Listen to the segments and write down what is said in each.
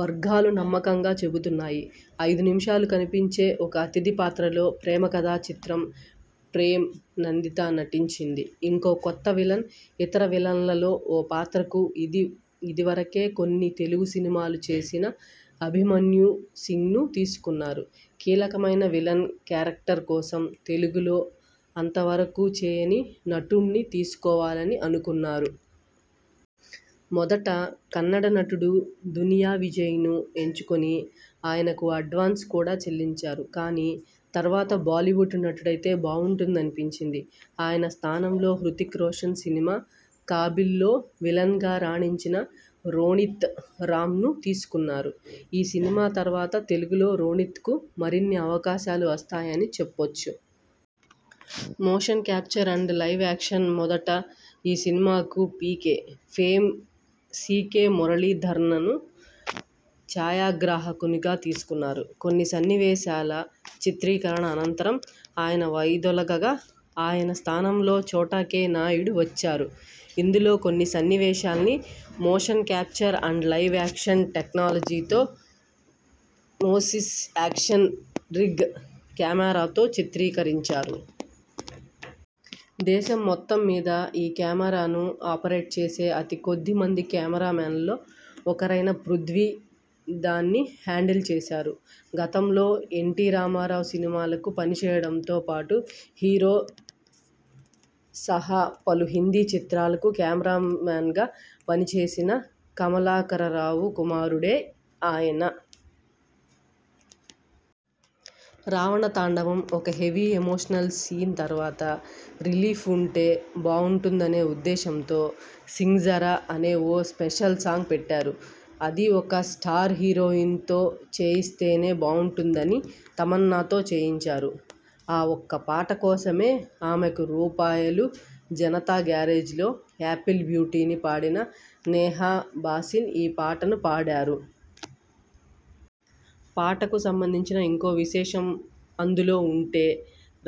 వర్గాలు నమ్మకంగా చెబుతున్నాయి. ఐదు నిమిషాలు కనిపించే ఒక అతిథి పాత్రలో 'ప్రేమకథా చిత్రమ్' ఫేమ్ నందిత నటించింది. ఇంకో కొత్త విలన్ ఇతర విలన్ల లో ఓ పాత్రకు ఇది ఇది వరకే కొన్ని తెలుగు సినిమాలు చేసిన అభిమన్యు సింగ్ను తీసుకున్నారు. కీలకమైన విలన్ క్యారెక్టర్ కోసం తెలుగులో అంతవరకూ చేయని నటుడ్ని తీసుకోవాలని అనుకున్నారు. మొదట కన్నడ నటుడు దునియా విజయ్ను ఎంచుకొని, ఆయనకు అడ్వాన్స్ కూడా చెల్లించారు. కానీ తర్వాత బాలీవుడ్ నటుడైతే బావుంటుందనిపించింది, ఆయన స్థానంలో హృతిక్ రోషన్ సినిమా 'కాబిల్'లో విలన్గా రాణించిన రోణిత్ రాయ్ను తీసుకున్నారు. ఈ సినిమా తర్వాత తెలుగులో రోణిత్కు మరిన్ని అవకాశాలు వస్తాయని చెప్పొచ్చు. Motion capture and live action మోదట ఈ సినిమాకు 'పీకే' ఫేమ్ సి. కె. మురళీధరన్ను ఛాయాగ్రాహకునిగా తీసుకున్నారు. కొన్ని సన్నివేశాల చిత్రీకరణ అనంతరం ఆయన వైదొలగగా, ఆయన స్థానంలో చోటా కె. నాయుడు వచ్చారు. ఇందులో కొన్ని సన్నివేశాల్ని 'motion capture and live action' టెక్నాలజీతో 'మోసిస్ యాక్షన్ రిగ్' కెమెరాతో చిత్రీకరించారు. దేశం మొత్తం మీద ఇ కెమెరాను ఆపరేట్ చేసే అతి కొద్ది మంది కెమెరామన్లలో ఒకరైన పృథ్వీ దాన్ని హ్యాండిల్ చేశారు. గతంలో ఎన్టీ రామారావు సినిమాలకు పనిచేయడంతో పాటు 'హీరో' సహా పలు హిందీ చిత్రాలకు కెమెరామన్గా పని చేసిన, కమలాకరరావు కుమారుడే ఆయన. రావణ తాండవం! ఒక హెవీ ఎమోషనల్ సీన్ తర్వాత రిలీఫ్ ఉంటే బాగుంటుందనే ఉద్దేశంతో 'సింగ్ జరా' అనే ఓ స్పెషల్ సాంగ్ పెట్టారు. అదీ ఒక స్టార్ హీరోయిన్తో చేయిస్తేనే బాగుంటుందని తమన్నాతో చేయించారు. ఆ ఒక్క పాట కోసమే ఆమెకు రూపాయలు 'జనతా గ్యారేజ్'లో 'యాపిల్ బ్యూటీ'ని పాడిన నేహా భాసిన్ ఈ పాటను పాడారు. పాటకు సంబంధించిన ఇంకో విశేషం అందులో ఉంటే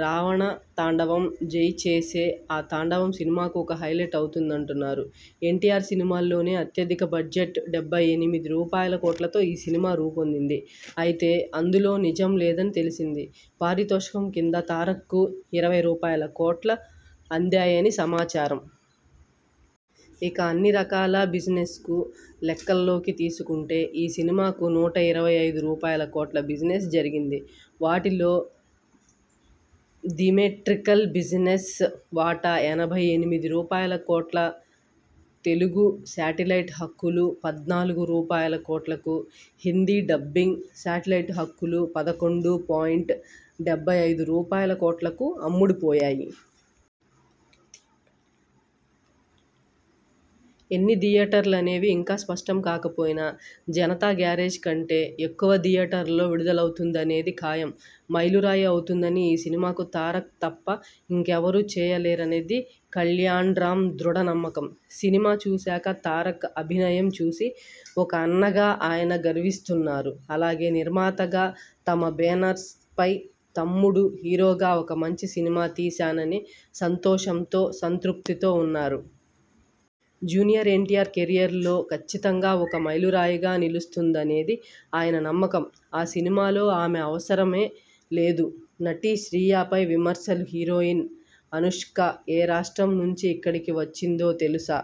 'రావణ తాండవం'. జై చేసే ఆ తాండవం సినిమాకు ఒక హైలైట్ అవుతుందంటున్నారు. ఎన్టీఆర్ సినిమాల్లోనే అత్యధిక బడ్జెట్ డెబ్బై ఎనిమిది రూపాయల కోట్లతో ఈ సినిమా రూపొందింది. అయితే అందులో నిజం లేదని తెలిసింది. పారితోషికం కింద తారక్కు ఇరవై రూపాయల కోట్ల అందాయని సమాచారం. ఇక అన్ని రకాల బిజినెస్కు లెక్కలోకి తీసుకొంటే ఈ సినిమాకు నూట ఇరవై ఐదు రూపాయల కోట్ల బిజినెస్ జరిగింది. వాటిలో ధిమేట్రికల్ బిజినెస్ వాటా ఎనభై ఎనిమిది రూపాయల కోట్ల తెలుగు శాటిలైట్ హక్కులు పద్నాలుగు రూపాయల కోట్లకు, హిందీ డబ్బింగ్, శాటిలైట్ హక్కులు పదకొండు పాయింట్ డెబ్బై ఐదు రూపాయల కోట్లకు అమ్ముడు పోయాయి. ఎన్ని థియేటర్లనేవి ఇంకా స్పష్టం కాకపోయినా 'జనతా గ్యారేజ్' కంటే ఎక్కువ థియేటర్లలో విడుదలవుతుందనేది ఖాయం. మైలురాయి అవుతుందని ఈ సినిమాకు తారక్ తప్ప ఇంకెవరూ చేయలేరనేది కల్యాణ్రామ్ దృఢ నమ్మకం. సినిమా చూశాక తారక్ అభినయం చూసి, ఒక అన్నగా ఆయన గర్విస్తున్నారు. అలాగే నిర్మాతగా తమ బేనర్పై తమ్ముడు హీరోగా ఒక మంచి సినిమా తీశాననే సంతోషంతో, సంతృప్తితో ఉన్నారు. జూనియర్ ఎన్టీఆర్ కెరీయర్లో కచ్చితంగా ఒక మైలురాయిగా నిలుస్తుందనేది ఆయన నమ్మకం. 'ఆ సినిమాలో ఆమె అవసరమే లేదు' నటి శ్రియపై విమర్శలు హీరోయిన్ అనుష్క ఏ రాష్ట్రం నుంచి ఇక్కడికి వచ్చిందో తెలుసా?